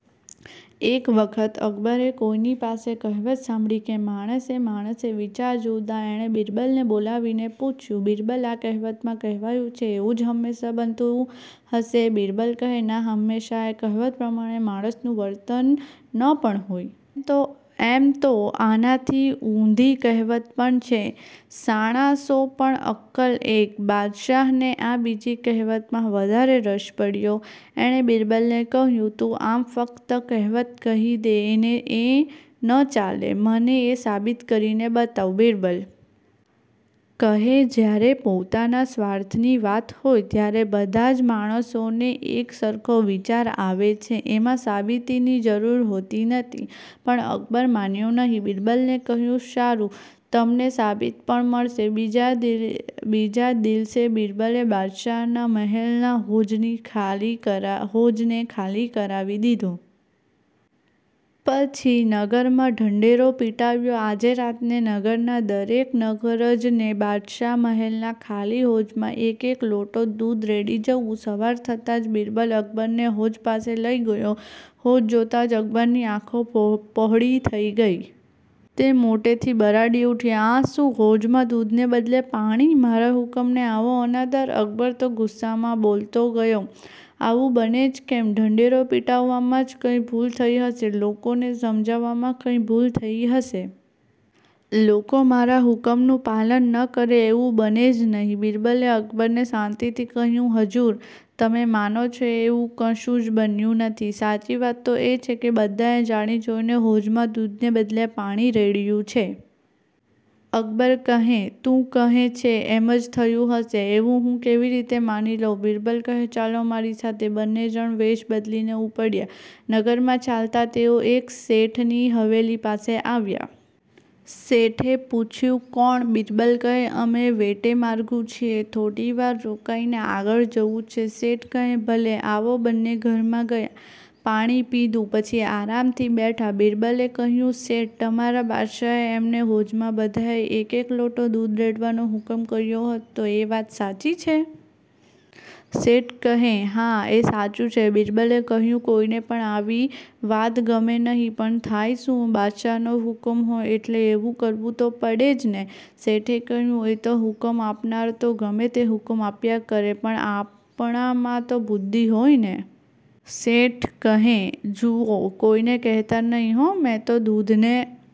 એક વખત અકબરે કોઈની પાસે કહેવત સાંભળી કે માણસે માણસે વિચાર જુદા. એણે બીરબલને બોલાવીને પૂછયું, બીરબલ, આ કહેવતમાં કહેવાયું છે એવું જ હમેશાં બનતું હશે? બીરબલ કહે, ના હમેશાં આ કહેવત પ્રમાણે માણસનું વર્તન ન પણ હોય. એમ તો આનાથી ઊંધી કહેવત પણ છે – શાણા સો પણ અક્કલ એક. બાદશાહને આ બીજી કહેવતમાં વધારે રસ પડયો. એણે બીરબલને કહ્યું, તું આમ ફકત કહેવત કહી દે એ ન ચાલે. મને એ સાબિત કરી બતાવ. બીરબલ કહે, જ્યારે પોતાના સ્વાર્થની વાત હોય ત્યારે બધાજ માણસોને એક સરખો વિચાર આવે છે. એમાં સાબિતીની જરૂર હોતી નથી. પણ અકબર માન્યો નહીં. બીરબલે કહ્યું, સારું, તમને સાબિતી પણ મળશે. બીજા દિલસે બીરબલે બાદશાહના મહેલના હોજને ખાલી કરાવી દીધો. પછી નગરમાં ઢંઢેરો પિટાવ્યો, આજે રાત્રે નગરના દરેક નગરજને બાદશાહના મહેલના ખાલી હોજમાં એક-એક લોટો દૂધ રેડી જવું. સવાર થતાં જ બીરબલ અકબરને હોજ પાસે લઈ ગયો. હોજ જોતાં જ અકબરની આંખો પહોળી થઈ ગઈ. તે મોટેથી બરાડી ઊઠ્યો, આ શું, હોજમાં દૂધને બદલે પાણી! મારા હુકમનો આવો અનાદર! અકબર તો ગુસ્સામાં બોલતો ગયો આવું બને જ કેમ? ઢંઢેરો પિટવવામાં જ કંઈ ભૂલ થઈ હશે! લોકોને સમજવામાં કંઈ ભૂલ થઈ હશે! લોકો મારા હુકમનું પાલન ન કરે એવું બને જ નહિ? બીરબલે અકબરને શાંતિથી કહ્યું, હજૂર, તમે માનો છો એવું કશું જ બન્યું નથી. સાચી વાત તો એ છે કે બધાએ જાણી જોઈને હોજમાં દૂધને બદલે પાણી રેડ્યું છે. અકબર કહે, તું કહે છે એમ જ થયું હશે એવું હું કેવી રીતે માની લઉં? બીરબલ કહે, ચાલો મારી સાથે. બંને જણ વેશ બદલીને ઊપડ્યા. નગરમાં ચાલતાં તેઓ એક શેઠની હવેલી પાસે આવ્યા. શેઠે પૂછયું, કોણ? બીરબલ કહે, અમે વટેમાર્ગુ છીએ. થોડીવાર રોકાઈને આગળ જવું છે. શેઠ કહે, ભલે, આવો. બંને ઘરમાં ગયા. પાણી પીધું. પછી આરામથી બેઠા. બીરબલે કહ્યું, શેઠ! તમારા બાદશાહે એમના હોજમાં બધાયને એક –એક લોટો દૂધ રેડવાનો હુકમ કર્યો હતો એ વાત સાચી છે? શેઠ કહે, હા, એ સાચું છે. બીરબલે કહ્યું, કોઈને પણ આવી વાત ગમે નહીં પણ થાય શું? બાદશાહનો હુકમ હોય એટલે એવું કરવું તો પડે જ ને? શેઠે કહ્યું, એ તો હુકમ આપનારા તો ગમે તે હુકમ આપ્યા કરે પણ આપણામાં તો બુદ્ધિ હોય ને? શેઠ કહે, જુઓ! કોઈને કહેતા નહીં, હોં. મેં તો દૂધને